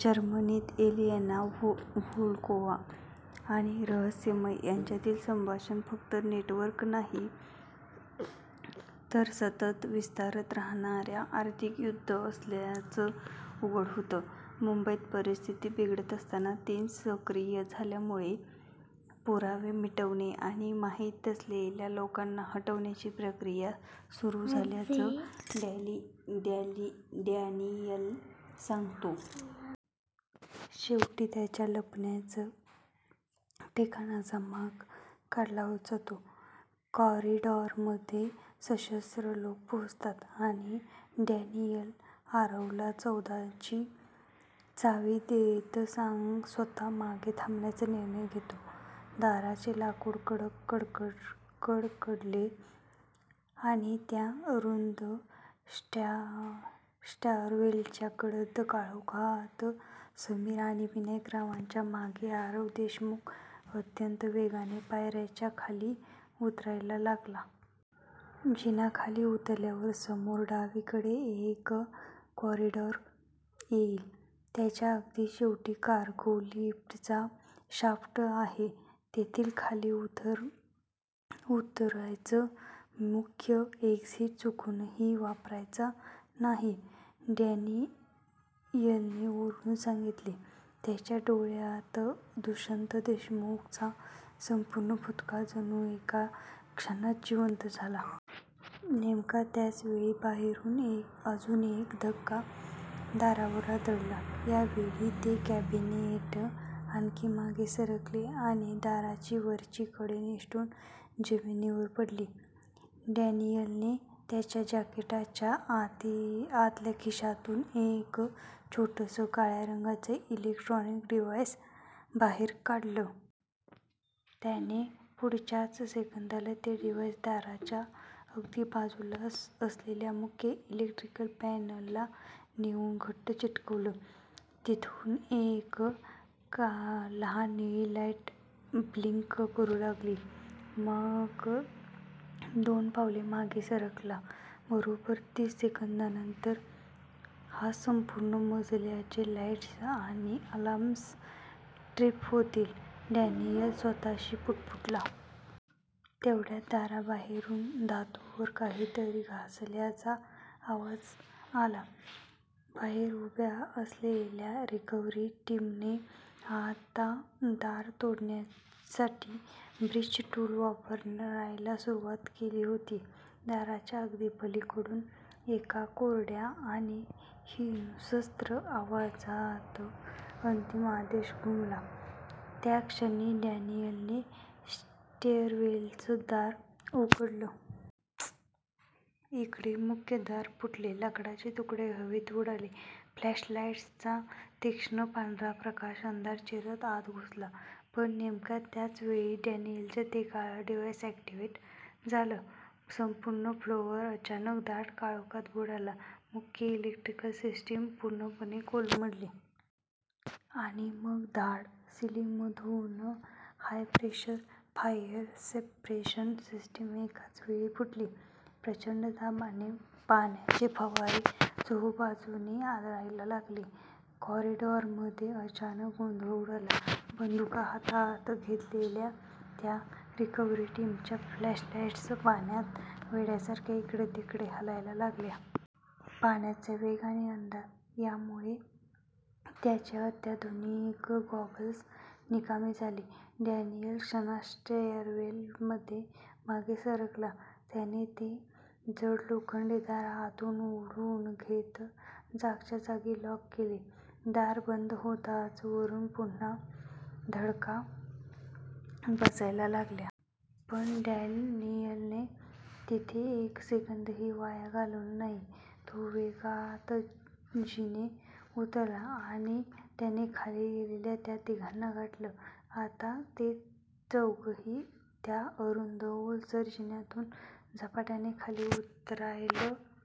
जर्मनीत Elina Volkova आणि रहस्यमय यांच्यातील संभाषणातून फक्त नेटवर्क नाही. तर सतत विस्तारत राहणारं आर्थिक युद्ध असल्याचं उघड होतं. मुंबईत परिस्थिती बिघडत असताना "तीन " सक्रिय झाल्यामुळे पुरावे मिटवणे आणि माहिती असलेल्या लोकांना हटवण्याची प्रक्रिया सुरू झाल्याचं डॅनियल सांगतो. शेवटी त्यांच्या लपण्याच्या ठिकाणाचा माग काढला जातो, कॉरिडॉरमध्ये सशस्त्र लोक पोहोचतात, आणि डॅनियल आरवला चौदा ची चावी देत स्वतः मागे थांबण्याचा निर्णय घेतो. दाराचे लाकूड कडकड कडकडले, आणि त्या अरुंद स्टॅअरवेलच्या गडद काळोखात, समीर आणि विनायकरावांच्या मागे आरव देशमुख अत्यंत वेगाने पायऱ्या खाली उतरायला लागला. " जिना खाली उतरल्यावर समोर डावीकडे एक कॉरिडॉर येईल. त्याच्या अगदी शेवटी कार्गो लिफ्टचा शाफ्ट आहे. तिथून खाली उतरायचं. मुख्य एक्झिट चुकूनही वापरायचा नाही. " डॅनियलने ओरडून सांगितले. त्याच्या डोळ्यांत दुष्यंत देशमुखचा संपूर्ण भूतकाळ जणू एका क्षणात जिवंत झाला. नेमका त्याच वेळी बाहेरून अजून एक धक्का दारावर आदळला. या वेळी ते कॅबिनेट आणखी मागे सरकले आणि दाराची वरची कडी निसटून जमिनीवर पडली. डॅनियलने त्याच्या जॅकेटच्या आतल्या खिशातून एक छोटंसं, काळ्या रंगाचं इलेक्ट्रॉनिक डिव्हाइस बाहेर काढलं. त्याने पुढच्याच सेकंदाला ते डिव्हाइस दाराच्या अगदी बाजूला असलेल्या मुख्य इलेक्ट्रिकल पॅनेलला नेऊन घट्ट चिकटवले. तिथून एक लहान निळी लाईट ब्लिंक करू लागली. मग तो दोन पावले मागे सरकला. "बरोबर तीस सेकंदांनंतर या संपूर्ण मजल्याचे लाईट्स आणि अलार्म्स ट्रिप होतील," डॅनियल स्वतःशीच पुटपुटला. तेवढ्यात दाराबाहेरून धातूवर काहीतरी घासल्याचा आवाज आला. बाहेर उभ्या असलेल्या रिकव्हरी टीमने आता दार तोडण्यासाठी 'ब्रीच टूल' वापरायला सुरुवात केली होती. दाराच्या अगदी पलीकडून एका कोरड्या आणि हिंस्त्र आवाजात अंतिम आदेश घुमला," त्याच क्षणी डॅनियलने स्टॅअरवेलचं दार उघडलं. इकडे मुख्य दार फुटलं. लाकडाचे तुकडे हवेत उडाले. फ्लॅशलाईट्सचा तीक्ष्ण पांढरा प्रकाश अंधार चिरत आत घुसला. पण नेमक्या त्याच वेळी डॅनियलचं ते काळं डिव्हाइस अॅक्टिव्हेट झालं. संपूर्ण फ्लोअर अचानक दाट काळोखात बुडाला. मुख्य इलेक्ट्रिकल सिस्टीम पूर्णपणे कोलमडली. आणि मग धाऽऽड! सीलिंगमधून हाय-प्रेशर फायर सप्रेशन सिस्टीम एकाच वेळी फुटली. प्रचंड दाबाने पाण्याचे फवारे चहुबाजूंनी आदळायला लागले. कॉरिडॉरमध्ये अचानक गोंधळ उडाला. बंदुका हातांत घेतलेल्या त्या रिकव्हरी टीमच्या फ्लॅशलाईट्स पाण्यात वेड्यासारख्या इकडेतिकडे हलायला लागल्या. पाण्याचा वेग आणि अंधार यामुळे त्यांचे अत्याधुनिक गॉगल्स निकामी झाले. डॅनियल क्षणात स्टॅअरवेलमध्ये मागे सरकला. त्याने ते जड लोखंडी दार आतून ओढून घेत जागच्या जागी लॉक केलं. दार बंद होताच वरून पुन्हा धडका बसायला लागल्या. पण डॅनियलने तिथे एक सेकंदही वाया घालवला नाही. तो वेगात जिने उतरला आणि त्याने खाली गेलेल्या त्या तिघांना गाठलं. आता ते चौघंही त्या अरुंद, ओलसर जिन्यातून झपाट्याने खाली उतरायल--